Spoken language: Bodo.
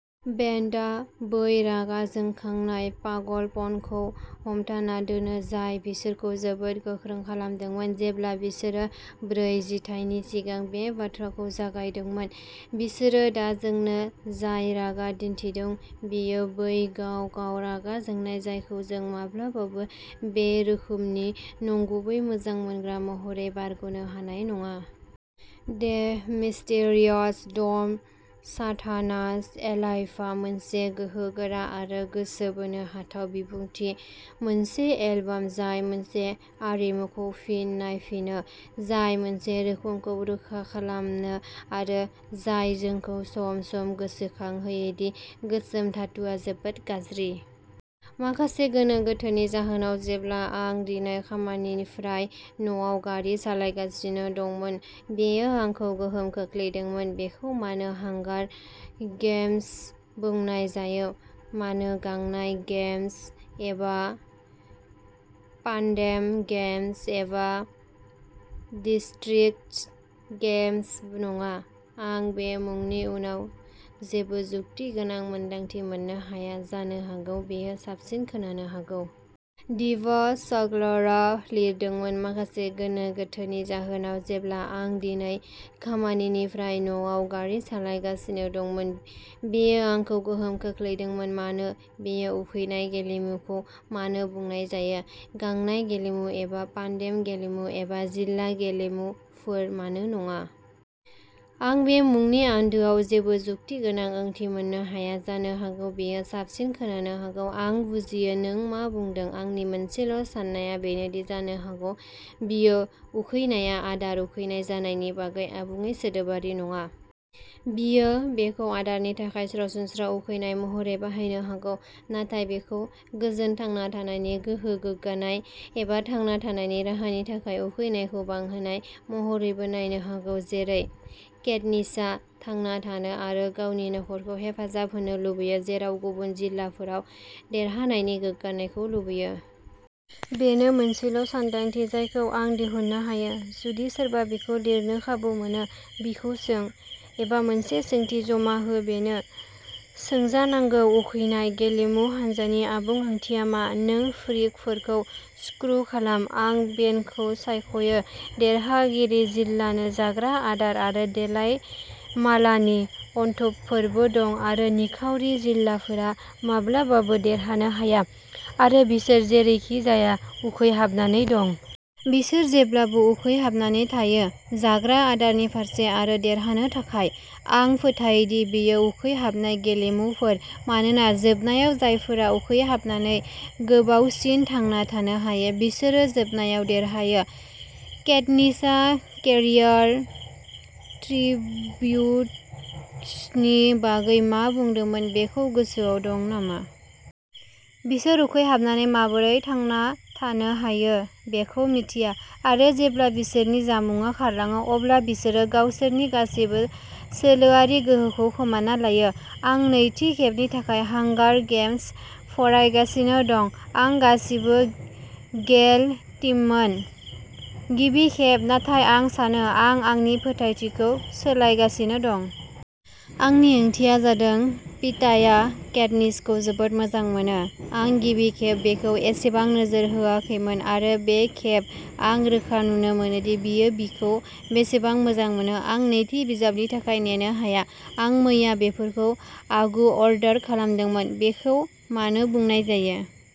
बेन्डआ बै रागा जोंखांनाय पागलपनखौ हमथाना दोनो, जाय बिसोरखौ जोबोद गोख्रों खालामदोंमोन जेब्ला बिसोरो ब्रै जिथायनि सिगां बे बाथ्राखौ जागायदोंमोन। बिसोरो दा जोंनो जाय रागा दिन्थिदों, बेयो बै गाव-गाव रागा जोंनाय जायखौ जों माब्लाबाबो बे रोखोमनि नंगुबै मोजां मोनग्रा महरै बारग'नो हानाय नङा। दे मिस्टेरियास डम साथानास एलाइभआ मोनसे गोहोगोरा आरो गोसो बोनो हाथाव बिबुंथि, मोनसे एलबाम जाय मोनसे आरिमुखौ फिन नायफिनो जाय मोनसे रोखोमखौ रोखा खालामनो आरो जाय जोंखौ सम-सम गोसोखांहोयो दि गोसोम धातुआ जोबोद गाज्रि। माखासे गोनो-गोथोनि जाहोनाव, जेब्ला आं दिनै खामानिनिफ्राय न'आव गारि सालायगासिनो दंमोन, बेयो आंखौ गोहोम खोख्लैदोंमोन बेखौ मानो हांगार गेम्स बुंनाय जायो? मानो गांनाय गेम्स एबा पान्डेम गेम्स एबा डिस्ट्रिक्ट गेम्स नङा। आं बे मुंनि उनाव जेबो जुक्तिगोनां मोनदांथि मोननो हाया, जानो हागौ बेयो साबसिन खोनानो हागौ। डिबासगर्लआ लिरदोंमोन माखासे गोनो-गोथोनि जाहोनाव, जेब्ला आं दिनै खामानिनिफ्राय न'आव गारि सालायगासिनो दंमोन, बेयो आंखौ गोहोम खोख्लैदोंमोन मानो? बेयो उखैनाय गेलेमुखौ मानो बुंनाय जायो? गांनाय गेलेमु एबा पान्डेम गेलेमु एबा जिल्ला गेलेमुफोर मानो नङा? आं बे मुंनि आन्दोआव जेबो जुक्तिगोनां ओंथि मोननो हाया, जानो हागौ बेयो साबसिन खोनानो हागौ। आं बुजियो नों मा बुदों। आंनि मोनसेल' साननाया बेनोदि जानो हागौ बियो उखैनाया आदार उखैनाय जानायनि बागै आबुङै सोदोबारि नङा। बियो बेखौ आदारनि थाखाय सरासनस्रा उखैनाय महरै बाहायनो हागौ, नाथाय बेखौ गोजोन, थांना थानायनि, गोहो, गोग्गानाय, एबा थांना थानायनि राहा नि थाखाय उखैनायखौ बांहोनाय महरैबो नायनो हागौ। जेरै केटनिसआ थांना थानो आरो गावनि नखरखौ हेफाजाब होनो लुबैयो, जेराव गुबुन जिल्लाफोरा देरहानायनि गोग्गानायखौ लुबैयो। बेनो मोनसेल' सानदांथि जायखौ आं दिहुननो हायो। जुदि सोरबा बिखौ लिरनो खाबु मोनो, बिखौ सों, एबा मोनसे सोंथि जमा हो बेनो सोंजानांगौ उखैनाय गेलेमु हानजानि आबुं ओंथिया मा? नों फ्रिकफोरखौ स्क्रु खालाम। आं बेनखौ सायख'यो देरहागिरि जिल्लानो जाग्रा आदार आरो देलाय मालानि अनथोबफोरबो दं, आरो निखावरि जिल्लाफोरा माब्लाबाबो देरहानो हाया, आरो बिसोर जेरैखिजाया उखैहाबनानै दं। बिसोर जेब्लाबो उखैहाबनानै थायो जाग्रा आदारनि फारसे आरो देरहानो थाखाय। आं फोथायो दि बेयो उखैहाबनाय गेलेमुफोर मानोना जोबनायाव जायफोरा उखैहाबनानै गोबावसिन थांना थानो हायो बिसोरो जोबनायाव देरहायो। केटनिसआ केरियार ट्रिब्युटसनि बागै मा बुंदोंमोन बेखौ गोसोआव दं नामा? बिसोर उखैहाबनानै माबोरै थांना थानो हायो बेखौ मिथिया। आरो जेब्ला बिसोरनि जामुंआ खारलाङो अब्ला बिसोरो गावसोरनि गासैबो सोलोआरि गोहोखौ खोमाना लायो। आं नैथि खेबनि थाखाय हांगार गेम्स फरायगासिनो दं। आं गासिबो गेल टीममोन, गिबि खेब, नाथाय आं सानो आं आंनि फोथायथिखौ सोलायगासिनो दं। आंनि ओंथिया जादों पीटाया केटनिसखौ जोबोद मोजां मोनो। आं गिबि खेब बेखौ एसेबां नोजोर होआखैमोन आरो बे खेब, आं रोखा नुनो मोनो दि बियो बिखौ बेसेबां मोजां मोनो। आं नैथि बिजाबनि थाखाय नेनो हाया। आं मैया बेफोरखौ आगु-अर्डार खालामदोंमोन। बेखौ मानो बुंनाय जायो?